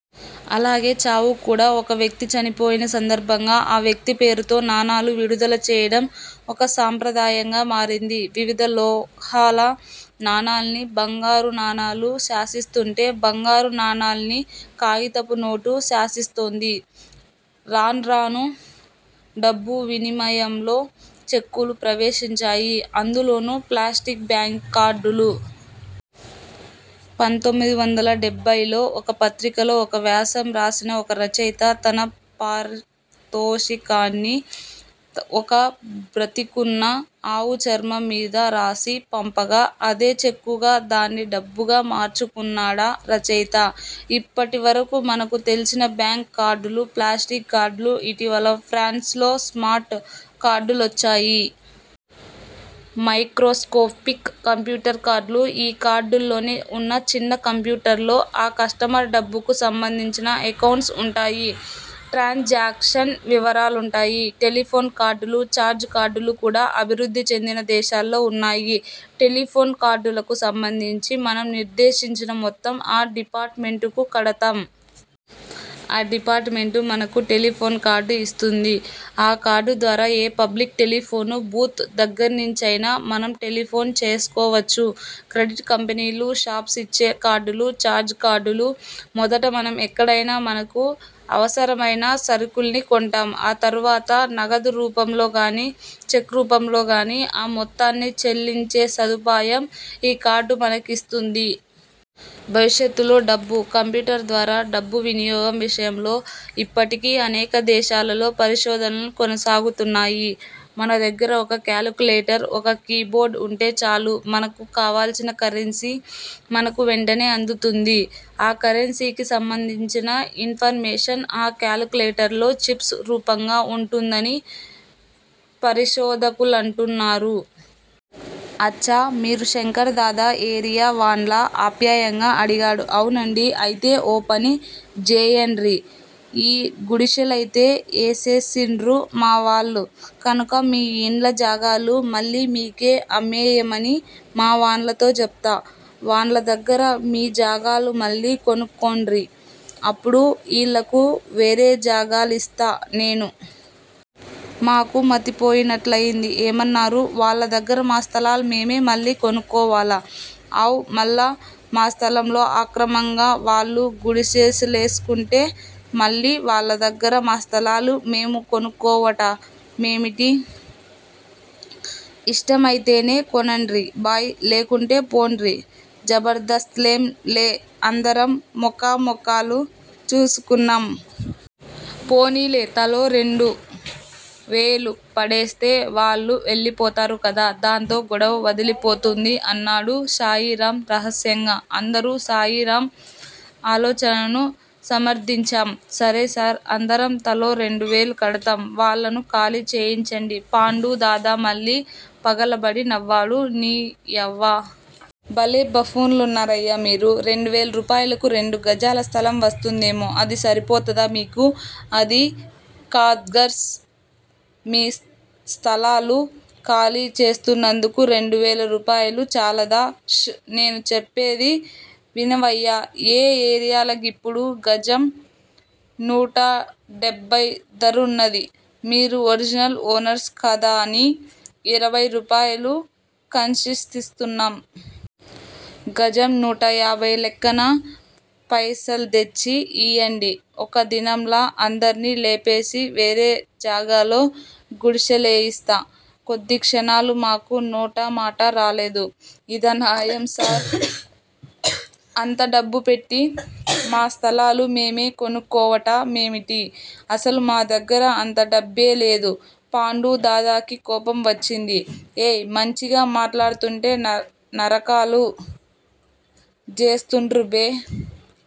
అలాగే చావుకు కూడా. ఒక వ్యక్తి చనిపోయిన సందర్భంగా ఆ వ్యక్తి పేరుతో నాణాలు విడుదల చేయడం ఒక సంప్రదాయంగా మారింది. వివిధ లోహాల నాణాల్ని బంగారు నాణాలు శాసిస్తుంటే, బంగారు నాణాల్ని, కాగితపు నోటు శాసిస్తోంది. రాన్రానూ డబ్బు వినిమయంలో చెక్కులు ప్రవేశించాయి. అందులోనూ ప్లాస్టిక్ బ్యాంక్ కార్డులు. పంతోమిది వందల డెబ్భై లో ఒక పత్రికలో ఒక వ్యాసం రాసిన ఒక రచయిత, తన పారితోషికాన్ని, ఒక బ్రతికున్న ఆవు చర్మం మీద రాసి పంపగా అదే చెక్కుగా, దాన్ని డబ్బుగా మార్చుకున్నాడా రచయిత. ఇప్పటివరకూ మనకు తెల్సిన బ్యాంక్ కార్డ్ లు, ప్లాస్టిక్ కార్డ్ లు, ఇటీవల ఫ్రాన్స్ లో స్మార్ట్ కార్డులొచ్చాయి. మైక్రోస్కోపిక్ కంప్యూటర్ కార్డులు ఈ కార్డుల్లోనే వున్న చిన్న కంప్యూటర్లో, ఆ కస్టమర్ డబ్బుకు సంబంధించిన ఎకౌంట్స్ వుంటాయి. ట్రాన్ జాక్షన్ వివరాలుంటాయి. టెలిఫోన్ కార్డులు, ఛార్జ్ కార్డులు కూడా అభివృద్ధి చెందిన దేశాల్లో వున్నాయి. టెలిఫోన్ కార్డులకు సంబంధించి, మనం నిర్దేశించిన మొత్తం ఆ డిపార్టుమెంటుకు కడతాం. ఆ డిపార్టుమెంటు మనకు టెలిఫోన్ కార్డు ఇస్తుంది. ఆ కార్డుద్వారా ఏ పబ్లిక్ టెలిఫోను బూత్ దగ్గర్నించైనా మనం టెలిఫోను చేసుకోవచ్చు. క్రెడిట్ కంపెనీలు, షాప్స్ యిచ్చే కార్డులు ఛార్జ్ కార్డ్ లు. మొదట మనం ఎక్కడైనా మనకు అవసరమైన సరుకుల్ని కొంటాం. ఆ తర్వాత నగదు రూపంలోగానీ, చెక్ రూపంలోగానీ ఆ మొత్తాన్ని చెల్లించే సదుపాయం ఈ కార్డు మనకిస్తుంది. భవిష్యత్తులో డబ్బు: కంప్యూటర్ ద్వారా, డబ్బు వినియోగం విషయంలో యిప్పటికీ అనేక దేశాలలో పరిశోధనలు కొనసాగుతున్నాయి. మన దగ్గర ఒక కాలిక్యులేటరు, ఒక కీ బోర్డు వుంటే చాలు. మనకు కావల్సిన కరెన్సీ మనకు వెంటనే అందుతుంది. ఆ కరెన్సీకి సంబంధించిన ఇన్ ఫర్ మేషన్ ఆ కాలిక్యులేటర్లో చిప్స్ రూపంగా వుంటుందని పరిశోధకులంటున్నారు. అచ్చా! మీరు శంకర్ దాదా ఏరియా వాండ్లా? ఆప్యాయంగా అడిగాడు. అవునండీ అయితే ఓపని జేయండ్రి. ఈ గుడిశెలయితే ఏసేసిన్రు మా వాళ్ళు! కనుక మీ ఇండ్ల జాగాలు మళ్ళీమీకే అమ్మేయమని మా వాండ్లతో జెప్తా. వాండ్ల దగ్గర మీజాగాలు మళ్ళీ కొనుక్కోండ్రి అప్పుడు ఈళ్ళకు వేరే జాగాలిస్తా నేను. మాకు మతిపోయినట్లయింది. ఏమన్నారు? వాళ్ళ దగ్గర మా స్థలాలు మేమే మళ్ళీ కొనుక్కోవాలా? అవ్ మళ్ళా! మా స్థలంలో అక్రమంగా వాళ్ళు గుడిశె లేసుకుంటే మళ్ళీ వాళ్ళ దగ్గర మా స్థలాలు మేము కొనుక్కోవట మేమిటి? ఇష్టమయితేనే కొనండ్రి భాయ్! లేకుంటే పోండ్రి! జబర్ధస్తేం లే అందరం మొఖామొఖాలు చూసుకున్నాం. పోనీలే! తలో రెండు వేలూ పడేస్తే వాళ్ళు వెళ్లిపోతారు కదా! దాంతో గొడవ వదిలిపోతుంది అన్నాడు శాయిరామ్ రహస్యంగా. అందరూ శాయిరామ్ ఆలోచనను సమర్ధించాం. సరే సార్! అందరం తలో రెండువేలూ కడతాం! వాళ్ళను ఖాళీ చేయించండి పాండూ దాదా మళ్ళీ పగలబడి నవ్వాడు. నీయవ్వ! భలే బఫ్లూన్లున్నారయ్యా మీరు. రెండువేల్రూపాయలకు రెండు గజాల స్థలం వస్తుందేమో! అది సరిపోతదా మీకు? అది కాద్సార్ మా స్థలాలు ఖాళీ చేస్తున్నందుకు రెండువేల రూపాయలు చాలదా? ష్! నేను చెప్పేది వినవయ్యా! ఈ ఏరియాల గిప్పుడు గజం నూటడెభై ధరున్నది. మీరు ఒరిజినల్ ఓనర్స్ కదాని ఇరవై రూపాయలు కన్సెషనిస్తున్నాం! గజం నూట యాభై లెక్కన పైసల్దెచ్చి ఇయ్యండి. ఒక్కదినంల అందర్నీ లేపేసి వేరే జాగాలో గుడిశె లేయిస్తా! కొద్ది క్షణాలు మాకు నోటమాట రాలేదు. ఇదన్యాయం సార్! అంత డబ్బు పెట్టి మా స్థలాలు మేమే కొనుక్కోవట మేమిటి? అసలు మాదగ్గర అంత డబ్బేలేదు పాండూ దాదాకి కోపం వచ్చింది. ఏయ్! మంచిగా మాట్లాడ్తుంటే నరకాలు జేస్తున్రు బే!